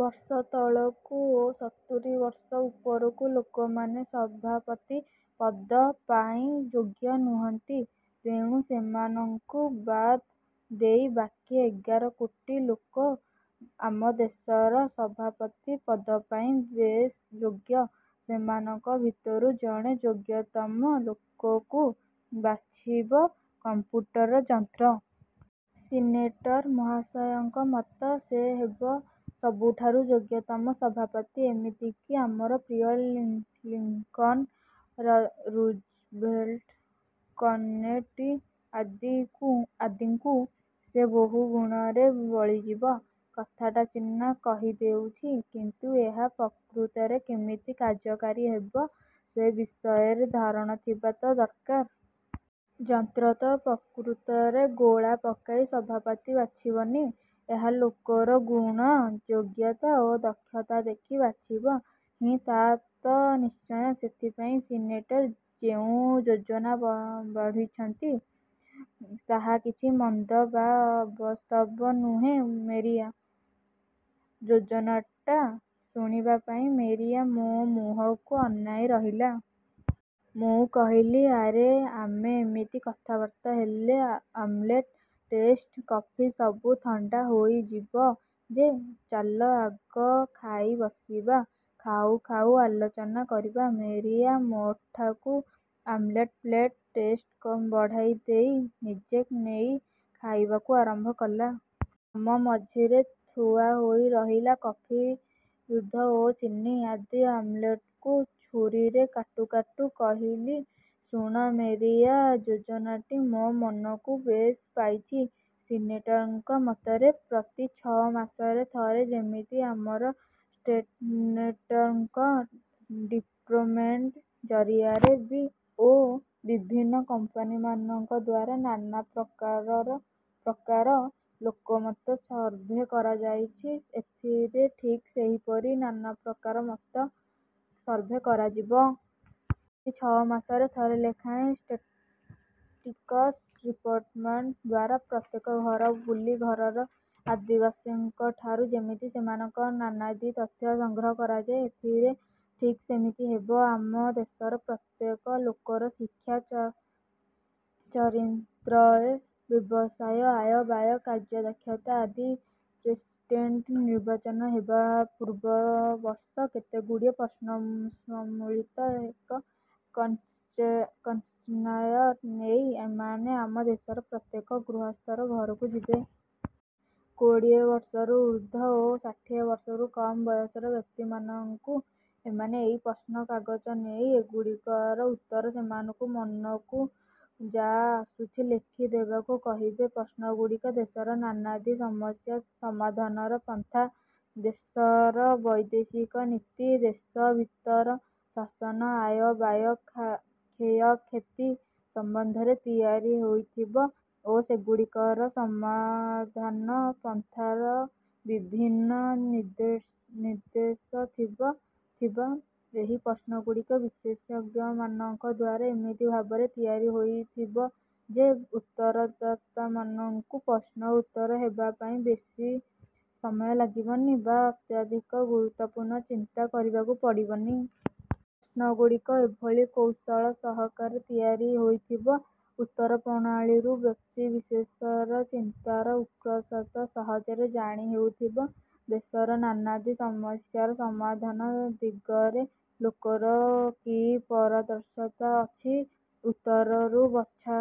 ବର୍ଷ ତଳକୁ ଓ ସତୁରୀ ବର୍ଷ ଉପରକୁ ଲୋକମାନେ ସଭାପତି ପଦ ପାଇଁ ଯୋଗ୍ୟ ନୁହନ୍ତି। ତେଣୁ ସେମାନଙ୍କୁ ବାଦ ଦେଇ ବାକି ଏଗାର କୋଟି ଲୋକ ଆମ ଦେଶର ସଭାପତି ପଦପାଇଁ ବେଶ ଯୋଗ୍ୟ। ସେମାନଙ୍କ ଭିତରୁ ଜଣେ ଯୋଗ୍ୟତମ ଲୋକକୁ ବାଛିବ କମ୍ପ୍ୟୁଟର ଯନ୍ତ୍ର। ସିନେଟର ମହାଶୟଙ୍କ ମତ, ସେ ହେବ ସବୁଠାରୁ ଯୋଗ୍ୟତମ ସଭାପତି। ଏମିତିକି ଆମର ପ୍ରିୟ ଲିଙ୍କନ, ରୁଜଭେଲଟ୍, କେନେଡ଼ି ଆଦିଙ୍କୁ ସେ ବହୁ ଗୁଣରେ ବଳିଯିବ। କଥାଟା ସିନା କହିଦେଉଛି; କିନ୍ତୁ ଏହା ପ୍ରକୃତରେ କେମିତି କାର୍ଯ୍ୟକାରୀ ହେବ, ସେ ବିଷୟରେ ଧାରଣା ଥିବା ତ ଦରକାର। ଯନ୍ତ୍ର ତ ପ୍ରକୃତରେ ଗୋଳା ପକାଇ ସଭାପତି ବାଛିବନି। ଏହା ଲୋକର ଗୁଣ, ଯୋଗ୍ୟତା ଓ ଦକ୍ଷତା ଦେଖି ବାଛିବ। ହଁ, ତା ତ ନିଶ୍ଚୟ ସେଥିପାଇଁ ସିନେଟର ଯେଉଁ ଯୋଜନା ବାଢ଼ିଛନ୍ତି ତାହା କିଛି ମନ୍ଦ ବା ଅବାସ୍ତବ ନୁହେଁ ମେରିଆ। ଯୋଜନାଟା ଶୁଣିବା ପାଇଁ ମେରିଆ ମୋ ମୁହଁକୁ ଆନାଇ ରହିଲା। ମୁଁ କହିଲି ଆରେ ଆମେ ଏମିତି କଥାବାର୍ତ୍ତା ହେଲେ ଆମଲେଟ, ଟୋଷ୍ଟ, କଫି ସବୁ ଥଣ୍ଡା ହୋଇଯିବ ଯେ। ଚାଲ ଆଗ ଖାଇ ବସିବା, ଖାଉ ଖାଉ ଆଲୋଚନା କରିବା। ମେରିଆ ମୋଠାକୁ ଆମଲେଟ ପ୍ଲେଟ, ଟୋଷ୍ଟ ବଢ଼ାଇଦେଇ ନିଜେ ନେଇ ଖାଇବାକୁ ଆରମ୍ଭ କଲା। ଆମ ମଝିରେ ଥୁଆ ହୋଇ ରହିଲା କଫି, ଦୁଧ ଓ ଚିନି ଆଦି। ଆମଲେଟକୁ ଛୁରୀରେ କାଟୁ କାଟୁ କହିଲି, ଶୁଣ ମେରିଆ, ଯୋଜନାଟି ମୋ ମନକୁ ବେଶ ପାଇଛି। ସିନେଟରଙ୍କ ମତରେ ପ୍ରତି ଛ ମାସରେ ଥରେ ଯେମିତି ଆମର ଷ୍ଟାନେଟରଙ୍କ ଡିପାର୍ଟମେଣ୍ଟ ଜରିଆରେ ଓ ବିଭିନ୍ନ କମ୍ପାନୀମାନଙ୍କ ଦ୍ୱାରା ନାନା ପ୍ରକାର ଲୋକମତ ସର୍ଭେ କରାଯାଉଛି, ଏଥିରେ ଠିକ୍ ସେହିପରି ନାନାପ୍ରକାର ମତ ସର୍ଭେ କରାଯିବ। ପ୍ରତି ଛ ମାସରେ ଥରେ ଲେଖାଁଏ ଷ୍ଟାଟିଟିକସ ଡିପାର୍ଟମାଣ୍ଟ ଦ୍ୱାରା ପ୍ରତ୍ୟେକ ଘର ବୁଲି ଘରର ଅଧିବାସୀଙ୍କଠାରୁ ଯେମିତି ସେମାନଙ୍କର ନାନାଦି ତଥ୍ୟ ସଂଗ୍ରହ କରାଯାଏ, ଏଥିରେ ଠିକ୍ ସେମିତି ହେବ। ଆମ ଦେଶର ପ୍ରତ୍ୟେକ ଲୋକର ଶିକ୍ଷା, ଚରିନ୍ତ୍ର, ବ୍ୟବସାୟ, ଆୟ, ବ୍ୟୟ, କାର୍ଯ୍ୟଦକ୍ଷତା ଆଦି ପ୍ରେସିଡେଣ୍ଟ ନିର୍ବାଚନ ହେବା ପୂର୍ବ ବର୍ଷ କେତେଗୁଡ଼ିଏ ପ୍ରଶ୍ନସମ୍ବଳିତ ଏକ କୋଶ୍ଚେନାୟାର ନେଇ ଏମାନେ ଆମ ଦେଶର ପ୍ରତ୍ୟେକ ଗୃହସ୍ଥର ଘରକୁ ଯିବେ। କୋଡ଼ିଏ ବର୍ଷରୁ ଊର୍ଦ୍ଧ୍ୱ ଓ ଷାଠିଏ ବର୍ଷରୁ କମ୍ ବୟସର ବ୍ୟକ୍ତିମାନଙ୍କୁ ଏମାନେ ଏଇ ପ୍ରଶ୍ନ କାଗଜ ନେଇ, ଏଗୁଡ଼ିକର ଉତ୍ତର ସେମାନଙ୍କୁ ମନକୁ ଯା ଆସୁଛି ଲେଖି ଦେବାକୁ କହିବେ। ପ୍ରଶ୍ନଗୁଡ଼ିକ ଦେଶର ନାନାଦି ସମସ୍ୟା ସମାଧାନର ପନ୍ଥା,। ଦେଶର ବୈଦେଶିକ ନୀତି, ଦେଶ ଭିତର ଶାସନ, ଆୟବ୍ୟୟ କ୍ଷୟକ୍ଷତି ସମ୍ବନ୍ଧରେ ତିଆରି ହୋଇଥିବ ଓ ସେଗୁଡ଼ିକର ସମାଧାନ ପନ୍ଥାର ବିଭିନ୍ନ ନିର୍ଦ୍ଦେଶ ଥିବା ଏହି ପ୍ରଶ୍ନଗୁଡ଼ିକ ବିଶେଷଜ୍ଞମାନଙ୍କ ଦ୍ୱାରା ଏମିତି ଭାବରେ ତିଆରି ହୋଇଥିବ ଯେ, ଉତ୍ତରଦାତାମାନଙ୍କୁ ପ୍ରଶ୍ନର ଉତ୍ତର ହେବା ପାଇଁ ବେଶୀ ସମୟ ଲାଗିବନି ବା ଅତ୍ୟଧିକ ଗୁରୁତ୍ୱପୂର୍ଣ୍ଣ ଚିନ୍ତା କରିବାକୁ ପଡ଼ିବନି। ପ୍ରଶ୍ନଗୁଡ଼ିକ ଏଭଳି କୌଶଳ ସହକାରେ ତିଆରି ହୋଇଥିବ, ଉତ୍ତର ପ୍ରଣାଳୀରୁ ବ୍ୟକ୍ତି ବିଶେଷର ଚିନ୍ତାର ଉତ୍କର୍ଷତା ସହଜରେ ଜାଣି ହେଉଥିବ। ଦେଶର ନାନାଦି ସମସ୍ୟାର ସମାଧାନ ଦିଗରେ ଲୋକର କି ପାରଦର୍ଶିତା ଅଛି, ଉତ୍ତରରୁ ବୁଝା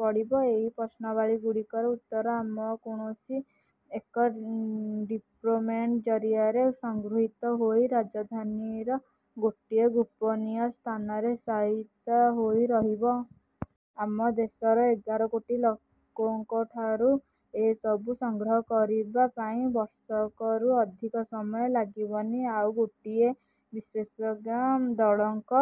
ପଡ଼ିବ। ଏଇ ପ୍ରଶ୍ନାବଳୀ ଗୁଡ଼ିକର ଉତ୍ତର ଆମର କୌଣସି ଏକ ଡିପାର୍ଟମେଣ୍ଟ ଜରିଆରେ ସଂଗୃହୀତ ହୋଇ ରାଜଧାନୀର ଗୋଟିଏ ଗୋପନୀୟ ସ୍ଥାନରେ ସାଇତା ହୋଇ ରହିବ। ଆମ ଦେଶର ଏଗାର କୋଟି ଲୋକଙ୍କଠାରୁ ଏ ସବୁ ସଂଗ୍ରହ କରିବା ପାଇଁ ବର୍ଷକରୁ ଅଧିକ ସମୟ ଲାଗିବନି। ଆଉ ଗୋଟିଏ ବିଶେଷଜ୍ଞ ଦଳଙ୍କ